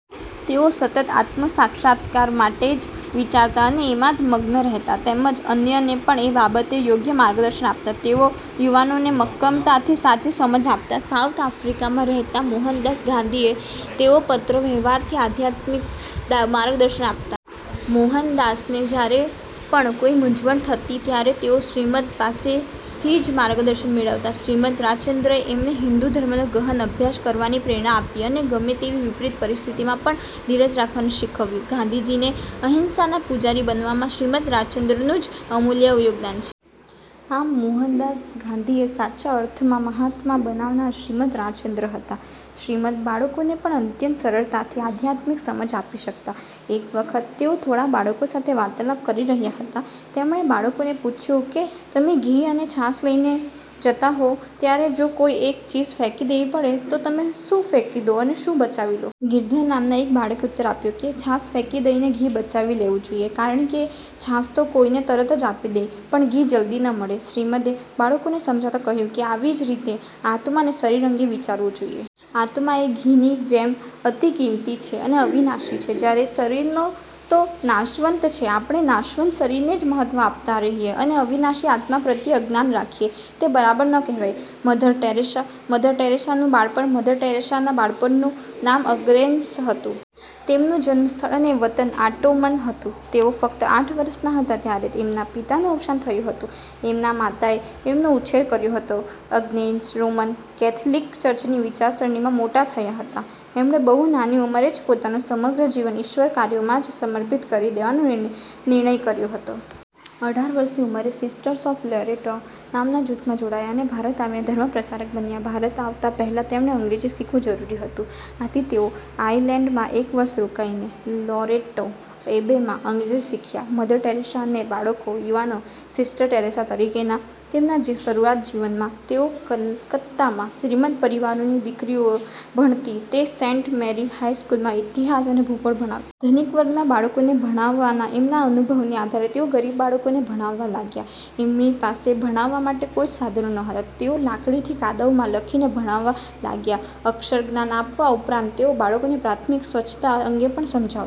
તેઓ સતત આત્મસાક્ષાત્કાર માટે જ વિચારતા અને એમાં જ મગ્ન। રહેતા. તેમજ અન્યને પણ એ બાબતે યોગ્ય માર્ગદર્શન આપતા. તેઓ યુવાનોને મક્કમતાથી સાચી સમજ આપતા. સાઉથ આફ્રિકામાં રહેતા મોહનદાસ ગાંધીને તેઓ પત્ર વ્યવહારથી આધ્યાત્મિક માર્ગદર્શન આપતા. મોહનદાસને જયારે પણ કોઈ મૂંઝવણ થતી ત્યારે તેઓ શ્રીમદ્ પાસેથી જ માર્ગદર્શન મેળવતા. શ્રીમદ્ રાજચંદ્રએ એમને હિન્દુ ધર્મનો ગહન અભ્યાસ કરવાની પ્રેરણા આપી અને ગમે તેવી વિપરીત પરિસ્થિતિમાં પણ ધીરજ રાખવા શીખવ્યું. ગાંધીજીને અહિંસાના પૂજારી બનાવવામાં શ્રીમદ્ રાજચંદ્રનું જ અમૂલ્ય યોગદાન છે. આમ, મોહનદાસ ગાંધીને સાચા અર્થમાં મહાત્મા બનાવનાર શ્રીમદ્ રાજચંદ્ર હતા! શ્રીમદ્ બાળકોને પણ અત્યંત સરળતાથી આધ્યાત્મિક સમજ આપી શકતા. એક વખત તેઓ થોડા બાળકો સાથે વાર્તાલાપ કરી રહ્યા હતા. એમણે બાળકોને પૂછ્યું કે તમે ઘી અને છાશ લઈને જતા હો ત્યારે જો કોઈ એક ચીજ ફેંકી દેવી પડે તો તમે શું ફેંકી દો અને શું બચાવી લો? ગિરધર નામના એક બાળકે ઉત્તર આપ્યો કે છાશ ફેંકી દઈને ઘી બચાવી લેવું જોઈએ કારણકે છાશ તો કોઈ તરત જ આપી દે પણ ઘી જલ્દી ન મળે. શ્રીમદ્એ બાળકોને સમજાવતાં કહ્યું કે આવી જ રીતે આત્મા અને શરીર અંગે વિચારવું જોઈએ. આત્મા એ ઘીની જેમ અતિ કિંમતી છે અને અવિનાશી છે. જયારે શરીર તો નાશવંત છે. આપણે નાશવંત શરીરને જ મહત્વ આપતાં રહીએ અને અવિનાશી આત્મા પ્રત્યે અજ્ઞાન રાખીએ તે બરાબર ન કહેવાય. મધર ટેરેસા મધર ટેરેસા નું બાળપણ મધર ટેરેસાના બાળપણનું નામ એગ્નેસ હતું. તેમનું જન્મ સ્થળ અને વતન ઓટોમન હતું. તેઓ ફક્ત આઠ વર્ષના હતા ત્યારે એમના પિતાનું અવસાન થયું હતું. એમના માતાએ એમનો ઉછેર કર્યો હતો. એગ્નેસ રોમન કેથલિક ચર્ચની વિચારસરણીમાં મોટા થયા હતા. એમણે બહુ નાની ઉંમરે જ પોતાનું સમગ્ર જીવન ઈશ્વર કાર્યોમાં જ સમર્પિત કરી દેવાનો નિર્ણય કર્યો હતો. અઢાર વર્ષની ઉંમરે "સિસ્ટર્સ ઓફ લોરેટો" નામના જૂથમાં જોડાયા અને ભારત આવીને ધર્મપ્રચારક બન્યા. ભારત આવતાં પહેલાં તેમણે અંગ્રેજી શીખવું જરૂરી હતું. આથી તેઓ આયર્લેન્ડમાં એક વર્ષ રોકાઈને "લોરેટો એબે"માં અંગ્રેજી શીખ્યાં. મધર ટેરેસા અને બાળકો / યુવાનો સિસ્ટર ટેરેસા તરીકેના તેમની શરૂઆતના જીવનમાં તેઓ કલકત્તામાં શ્રીમંત પરિવારોની દીકરીઓ ભણતી તે સેન્ટ મેરી હાઈ સ્કૂલમાં ઇતિહાસ અને ભૂગોળ ભણાવતા. ધનિક વર્ગના બાળકોને ભણાવવાના એમના અનુભવને આધારે તેઓ ગરીબ બાળકોને ભણાવવા લાગ્યા. એમની પાસે ભણાવવા માટે કોઈ જ સાધનો નહોતા. તેઓ લાકડીથી કાદવમાં લખીને ભણાવવા લાગ્યા. અક્ષરજ્ઞાન આપવા ઉપરાંત તેઓ બાળકોને પ્રાથમિક સ્વચ્છતા અંગે પણ સમજાવતા.